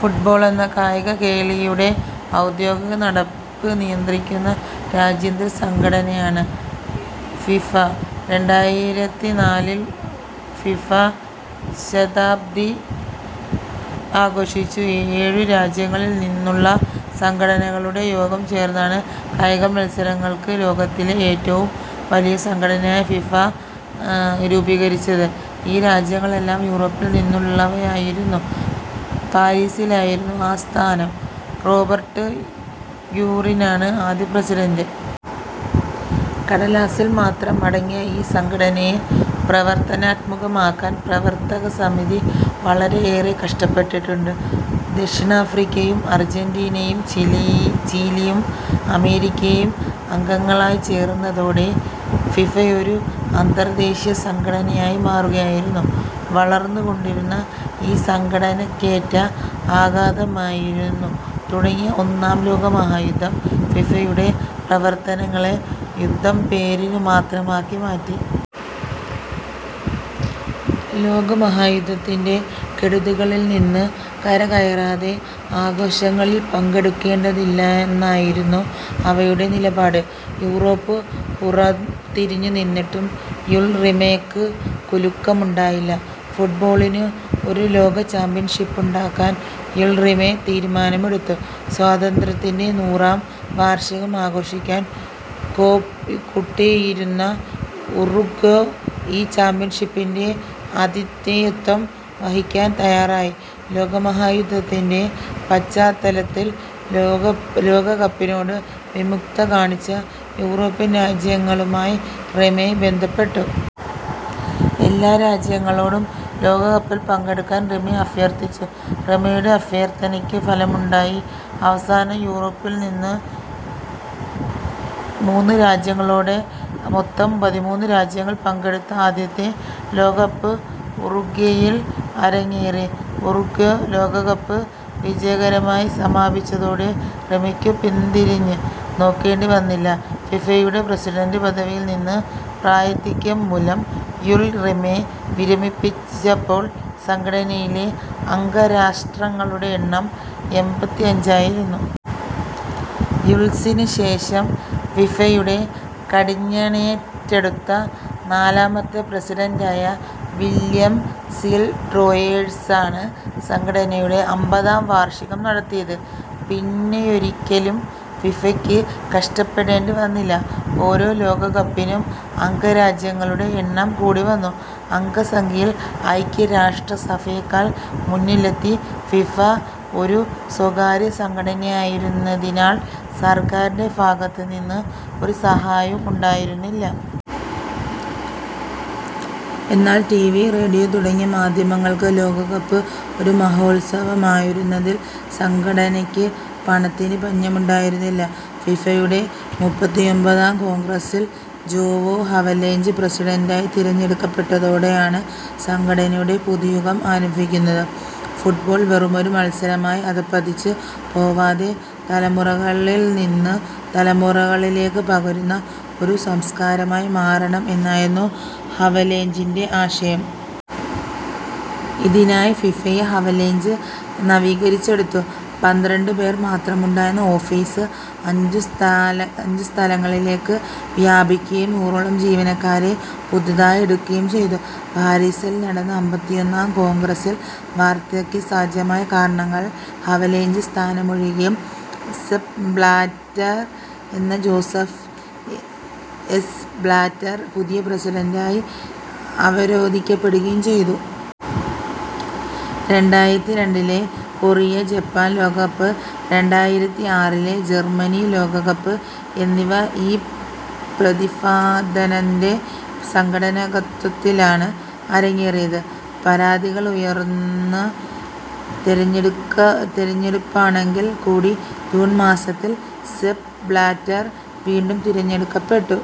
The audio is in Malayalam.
ഫുട്ബോൾ എന്ന കായികകേളിയുടെ ഔദ്യോഗിക നടത്തിപ്പ് നിയന്ത്രിക്കുന്ന രാജ്യാന്തര സംഘടനയാണ് ഫിഫ. രണ്ടായിരത്തിനാലിൽ ഫിഫ ശതാബ്ദി ആഘോഷിച്ചു. ഏഴു രാജ്യങ്ങളിൽ നിന്നുളള സംഘടനകളുടെ യോഗം ചേർന്നാണ് കായികമത്സരങ്ങൾക്ക് ലോകത്തിലെ ഏറ്റവും വലിയ സംഘടനയായ ഫിഫ രൂപികരിച്ചത്. ഈ രാജ്യങ്ങളെല്ലാം യൂറോപ്പിൽനിന്നുള്ളവയായിരുന്നു. പാരീസിലായിരുന്നു ആസ്ഥാനം. റോബെർട്ട് ഗ്യൂറിനാണ് ആദ്യ പ്രസിഡന്റ്. കടലാസിൽ മാത്രം അടങ്ങിയ ഈ സംഘടനയെ പ്രവർത്തനമുഖമാക്കാൻ പ്രവർത്തക സമിതി വളരെയേറെ കഷ്ടപ്പെട്ടിട്ടുണ്ട്. ദക്ഷിണാഫ്രിക്കയും അർജന്റീനയും ചിലിയും അമേരിക്കയും അംഗങ്ങളായി ചേർന്നതോടെ ഫിഫയൊരു അന്തർദ്ദേശീയ സംഘടനയായി മാറുകയായിരുന്നു. വളർന്ന് കൊണ്ടിരുന്ന ഈ സംഘടനക്കേറ്റ ആഘാതമായിരുന്നു തുടങ്ങിയ ഒന്നാം ലോകമഹായുദ്ധം. ഫിഫയുടെ പ്രവർത്തനങ്ങളെ യുദ്ധം പേരിനുമാത്രമാക്കി മാറ്റി. ലോകമഹായുദ്ധത്തിന്റെ കെടുതികളിൽനിന്ന് കരകയറാതെ ആഘോഷങ്ങളിൽ പങ്കെടുക്കേണ്ടതില്ലെന്നായിരുന്നു അവയുടെ നിലപാട്. യൂറോപ്പ് പുറത്തിരിഞ്ഞുനിന്നിട്ടുംയൂൾ റിമെക്ക് കുലുക്കമുണ്ടായില്ല. ഫുട്ബോളിന് ഒരു ലോക ചാമ്പ്യൻഷിപ്പുണ്ടാക്കാൻ യൂൾ റിമെ തീരുമാനമെടുത്തു. സ്വാതന്ത്ര്യത്തിന്റെ നൂറാം വാർഷികമാഘോഷിക്കാൻ കോപ്പ് കുട്ടിയിരുന്ന ഉറുഗ്വെ ഈ ചാമ്പ്യൻഷിപ്പിന്റെ ആതിഥേയത്വം വഹിക്കാൻ തയ്യാറായി. ലോകമഹായുദ്ധത്തിന്റെ പശ്ചാത്തലത്തിൽ ലോകകപ്പിനോട് വിമുഖത കാണിച്ച യൂറോപ്യൻ രാജ്യങ്ങളുമായി റിമെ ബന്ധപ്പെട്ടു. എല്ലാ രാജ്യങ്ങളോടും ലോകകപ്പിൽ പങ്കെടുക്കാൻ റിമെ അഭ്യർത്ഥിച്ചു. റിമെയുടെ അഭ്യർത്ഥനയ്ക്ക് ഫലമുണ്ടായി. അവസാനം യൂറോപ്പിൽനിന്ന് മൂന്ന് രാജ്യങ്ങളോടെ, മൊത്തം പതിമൂന്ന് രാജ്യങ്ങൾ പങ്കെടുത്ത ആദ്യത്തെ ലോകകപ്പ് ഉറുഗ്വെയിൽ അരങ്ങേറി. ഉറുഗ്വെ ലോകകപ്പ് വിജയകരമായി സമാപിച്ചതോടെ റിമെയ്ക്കു പിന്തിരിഞ്ഞ് നോക്കേണ്ടി വന്നില്ല. ഫിഫയുടെ പ്രസിഡന്റ് പദവിയിൽ നിന്ന് പ്രായാധിക്യം മൂലം യൂൾ റിമെ വിരമിച്ചപ്പോൾ സംഘടനയിലെ അംഗരാഷ്ട്രങ്ങളുടെ എണ്ണം എമ്പത്തിഅഞ്ചായി. യൂൾസിന് ശേഷം ഫിഫയുടെ കടിഞ്ഞാണേറ്റെടുത്ത നാലാമത്തെ പ്രസിഡന്റായ വില്ല്യം സീൽഡ്രോയേഴ്സാണ് സംഘടനയുടെ അമ്പതാം വാർഷികം നടത്തിയത്. പിന്നെയൊരിക്കലും ഫിഫയ്ക്ക് കഷ്ടപ്പെടേണ്ടി വന്നില്ല. ഓരോ ലോകകപ്പിനും അംഗരാജ്യങ്ങളുടെ എണ്ണം കൂടിവന്നു. അംഗ സംഖ്യയിൽ ഐക്യ രാഷ്ട്ര സഭയെക്കാൾ മുന്നിലെത്തി. ഫിഫ ഒരു സ്വകാര്യ സംഘടനയായിരുന്നതിനാൽ സർക്കാരിന്റെ ഭാഗത്ത് നിന്ന് ഒരു സഹായവും ഉണ്ടായിരുന്നില്ല. എന്നാൽ ടിവി, റേഡിയോ തുടങ്ങിയ മാധ്യമങ്ങൾക്ക് ലോകകപ്പ് ഒരു മഹോത്സവമായിരുന്നതിൽ സംഘടനയ്ക്ക് പണത്തിന് പഞ്ഞമുണ്ടായിരുന്നില്ല. ഫിഫയുടെ മുപ്പത്തിയുമ്പതാം കോൺഗ്രസ്സിൽ ജോവോ ഹവലേഞ്ച് പ്രസിഡന്റായി തിരഞ്ഞെടുക്കപ്പെട്ടതോടെയാണ് സംഘടനയുടെ പുതുയുഗം ആരംഭിക്കുന്നത്. ഫുട്ബോൾ വെറുമൊരു മത്സരമായി അധ:പതിച്ച് പോവാതെ തലമുറകളിൽനിന്ന് തലമുറകളിലേക്ക് പകരുന്ന ഒരു സംസ്കാരമായി മാറണം എന്നായിരുന്നു ഹവലേഞ്ചിന്റെ ആശയം. ഇതിനായി ഫിഫയെ ഹവലേഞ്ച് നവീകരിച്ചെടുത്തു. പന്ത്രണ്ട് പേർ മാത്രമുണ്ടായിരുന്ന ഓഫീസ്, അഞ്ചു സ്ഥാലസ്ഥലങ്ങളിലേക്ക് വ്യാപിപ്പിക്കുകയും നൂറോളം ജീവനക്കാരെ പുതുതായെടുക്കുകയും ചെയ്തു. പാരീസിൽ നടന്ന അമ്പത്തിയൊന്നാം കോൺഗ്രസ്സിൽ വാർദ്ധക്യസഹജമായ കാരണങ്ങൾ ഹവലേഞ്ച് സ്ഥാനമൊഴിയുകയും സെപ് ബ്ലാറ്റർ എന്ന ജോസഫ് എസ്. ബ്ലാറ്റർ പുതിയ പ്രസിഡന്റായി അവരോധിക്കപ്പെടുകയും ചെയ്തു. രണ്ടായിരത്തിരണ്ടിലെ കൊറിയ ജപ്പാൻ ലോകകപ്പ്, രണ്ടായിരത്തിആറിലെ ജർമ്മനി ലോകകപ്പ് എന്നിവ ഈ പ്രതിഭാധനന്റെ സംഘാടകത്വത്തിലാണ് അരങ്ങേറിയത്. പരാതികളുയർന്ന തെരഞ്ഞെടുക്ക തെരഞ്ഞെടുപ്പാണെങ്കിൽക്കൂടി, ജൂൺ മാസത്തിൽ സെപ് ബ്ലാറ്റർ വീണ്ടും തെരഞ്ഞെടുക്കപ്പെ